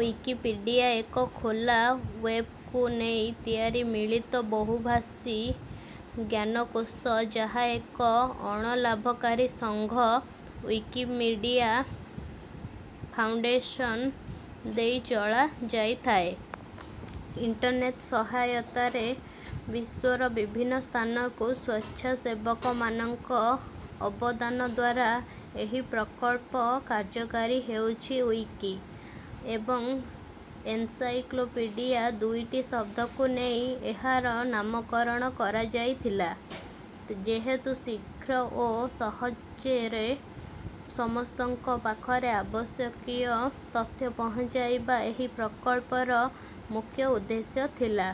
Wikipedia ଏକ ଖୋଲା ୱେବକୁ ନେଇ ତିଆରି ମିଳିତ ବହୁଭାଷୀ ଜ୍ଞାନକୋଷ ଯାହା ଏକ ଅଣଲାଭକାରୀ ସଙ୍ଘ ଉଇକିମିଡ଼ିଆ ଫାଉଣ୍ଡେସନ ଦେଇ ଚଳାଯାଇଥାଏ। ଇଣ୍ଟର୍ନେଟ ସହାୟତାରେ ବିଶ୍ୱର ବିଭିନ୍ନ ସ୍ଥାନରୁ ସ୍ୱେଚ୍ଛାସେବକ ମାନଙ୍କ ଅବଦାନଦ୍ୱାରା ଏହି ପ୍ରକଳ୍ପ କାର୍ଯ୍ୟକାରୀ ହେଉଛି ଉଇକି ଏବଂ ଏନସାଇକ୍ଳୋପିଡ଼ିଆ ଦୁଇଟି ଶବ୍ଦକୂ ନେଇ ଏହାର ନାମକରଣ କରାଯାଇଥିଲା ଯେହେତୁ ଶୀଘ୍ର ଓ ସହଜରେ ସମସ୍ତଙ୍କ ପାଖରେ ଆବଶ୍ୟକୀୟ ତଥ୍ୟ ପହଞ୍ଚାଇବା ଏହି ପ୍ରକଳ୍ପର ମୁଖ୍ୟ ଉଦ୍ଦେଶ୍ୟ ଥିଲା।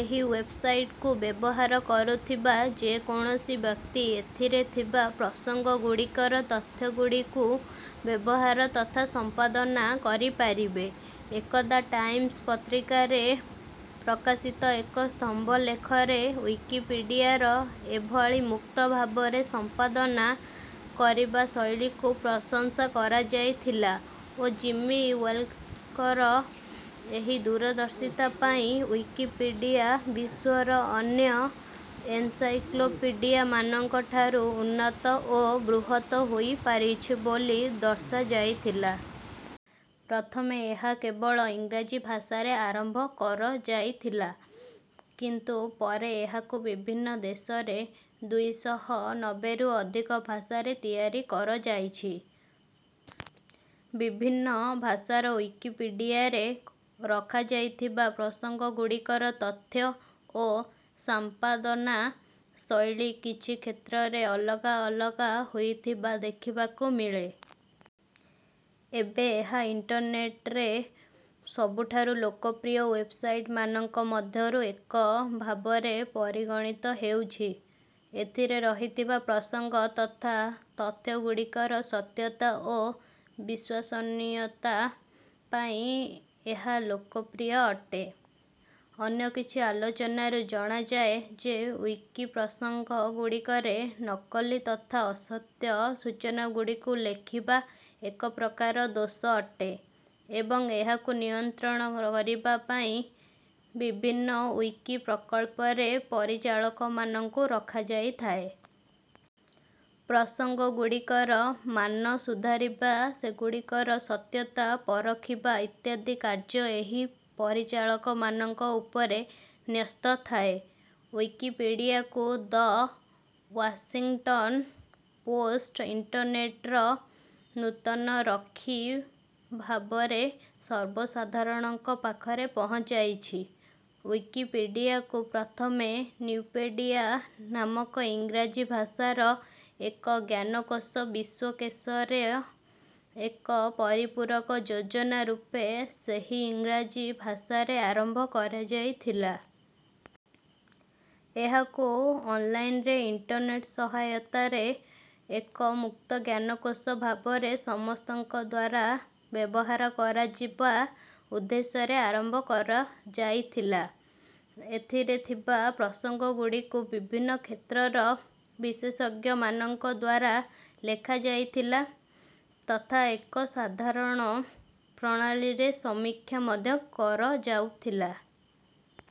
ଏହି ୱେବସାଇଟକୁ ବ୍ୟବହାର କରୁଥିବା ଯେକୌଣସି ବ୍ୟକ୍ତି ଏଥିରେ ଥିବା ପ୍ରସଙ୍ଗ ଗୁଡ଼ିକର ତଥ୍ୟ ଗୁଡ଼ିକୁ ବ୍ୟବହାର ତଥା ସମ୍ପାଦନା କରିପାରିବେ। ଏକଦା ଟାଇମ୍ସ ପତ୍ରିକାରେ ପ୍ରକାଶିତ ଏକ ସ୍ତମ୍ଭଲେଖରେ ଉଇକିପିଡ଼ିଆର ଏଭଳି ମୁକ୍ତ ଭାବରେ ସମ୍ପାଦନା କରିବା ଶୈଳୀ କୁ ପ୍ରଶଂସା କରାଯାଇଥିଲା ଓ ଜିମି ୱେଲ୍ସଙ୍କର ଏହି ଦୂରଦର୍ଶିତା ପାଇଁ ଉଇକିପିଡ଼ିଆ ବିଶ୍ୱର ଅନ୍ୟ ଏନସାଇକ୍ଳୋପିଡ଼ିଆ ମାନଙ୍କ ଠାରୁ ଉନ୍ନତ ଓ ବୃହତ ହୋଇପାରିଛି ବୋଲି ଦର୍ଶା ଯାଇଥିଲା। ପ୍ରଥମେ ଏହା କେବଳ ଇଂରାଜୀ ଭାଷାରେ ଆରମ୍ଭ କରଯାଇଥିଲା। କିନ୍ତୁ ପରେ ଏହାକୁ ବିଭିନ୍ନ ଦେଶରେ ଦୁଇଶହ ନବେରୁ ଅଧିକ ଭାଷାରେ ତିଆରି କରଯାଇଛି। ବିଭିନ୍ନ ଭାଷାର ଉଇକିପିଡ଼ିଆରେ ରଖାଯାଇଥିବା ପ୍ରସଙ୍ଗ ଗୁଡ଼ିକର ତଥ୍ୟ ଓ ସାମ୍ପାଦନା ଶୈଳୀ କିଛି କ୍ଷେତ୍ରରେ ଅଲଗା ଅଲଗା ହୋଇଥିବା ଦେଖିବାକୁ ମିଳେ। ଏବେ ଏହା ଇଣ୍ଟର୍ନେଟରେ ସବୁଠାରୁ ଲୋକପ୍ରିୟ ୱେବସାଇଟ ମାନଙ୍କ ମଧ୍ୟରୁ ଏକ ଭାବରେ ପରିଗଣିତ ହେଉଛି। ଏଥିରେ ରହିଥିବା ପ୍ରସଙ୍ଗ ତଥା ତଥ୍ୟ ଗୁଡ଼ିକର ସତ୍ୟତା ଓ ବିଶ୍ୱାସନୀୟତା ପାଇଁ ଏହା ଲୋକପ୍ରିୟ ଅଟେ। ଅନ୍ୟ କିଛି ଆଲୋଚନାରୁ ଜଣାଯାଏ ଯେ ଉଇକି ପ୍ରସଙ୍ଗ ଗୁଡ଼ିକରେ ନକଲି ତଥା ଅସତ୍ୟ ସୂଚନା ଗୁଡ଼ିକୁ ଲେଖିବା ଏକ ପ୍ରକାର ଦୋଷ ଅଟେ ଏବଂ ଏହାକୁ ନିୟନ୍ତ୍ରଣ କରିବା ପାଇଁ ବିଭିନ୍ନ ଉଇକି ପ୍ରକଳ୍ପରେ ପରିଚାଳକ ମାନଙ୍କୁ ରଖାଯାଇଥାଏ। ପ୍ରସଙ୍ଗ ଗୁଡ଼ିକର ମାନ ସୁଧାରିବା ସେଗୁଡ଼ିକର ସତ୍ୟତା ପରଖିବା ଇତ୍ୟାଦି କାର୍ଯ୍ୟ ଏହି ପରିଚାଳକ ମାନଙ୍କ ଉପରେ ନ୍ୟସ୍ତ ଥାଏ। ଉଇକିପିଡ଼ିଆକୁ ଦ ୱାସିଙ୍ଗଟନ ପୋଷ୍ଟ ଇଣ୍ଟର୍ନେଟର ନୂତନ ରକ୍ଷୀ ଭାବରେ ସର୍ବସାଧାରଣଙ୍କ ପାଖରେ ପହଞ୍ଚାଇଛି। ଉଇକିପିଡ଼ିଆକୁପ୍ରଥମେ ନ୍ୟୁପେଡ଼ିଆ ନାମକ ଇଂରାଜୀ ଭାଷାର ଏକ ଜ୍ଞାନକୋଷ ବିଶ୍ୱକେଷର ଏକ ପରିପୂରକ ଯୋଜନା ରୂପେ ସେହି ଇଂରାଜୀ ଭାଷାରେ ଆରମ୍ଭ କରାଯାଇଥିଲା। ଏହାକୁ ଅନଲାଇନରେ ଇଣ୍ଟର୍ନେଟ ସହାୟତାରେ ଏକ ମୁକ୍ତ ଜ୍ଞାନକୋଷ ଭାବରେ ସମସ୍ତଙ୍କଦ୍ୱାରା ବ୍ୟବହାର କରାଯିବା ଉଦ୍ଦେଶ୍ୟରେ ଆରମ୍ଭ କରଯାଇଥିଲା। ଏଥିରେ ଥିବା ପ୍ରସଙ୍ଗ ଗୁଡ଼ିକୁ ବିଭିନ୍ନ କ୍ଷେତ୍ରର ବିଶେଷଜ୍ଞ ମାନଙ୍କଦ୍ୱାରା ଲେଖା ଯାଇଥିଲା ତଥା ଏକ ସାଧାରଣ ପ୍ରଣାଳୀରେ ସମୀକ୍ଷା ମଧ୍ୟ କରଯାଉଥିଲା।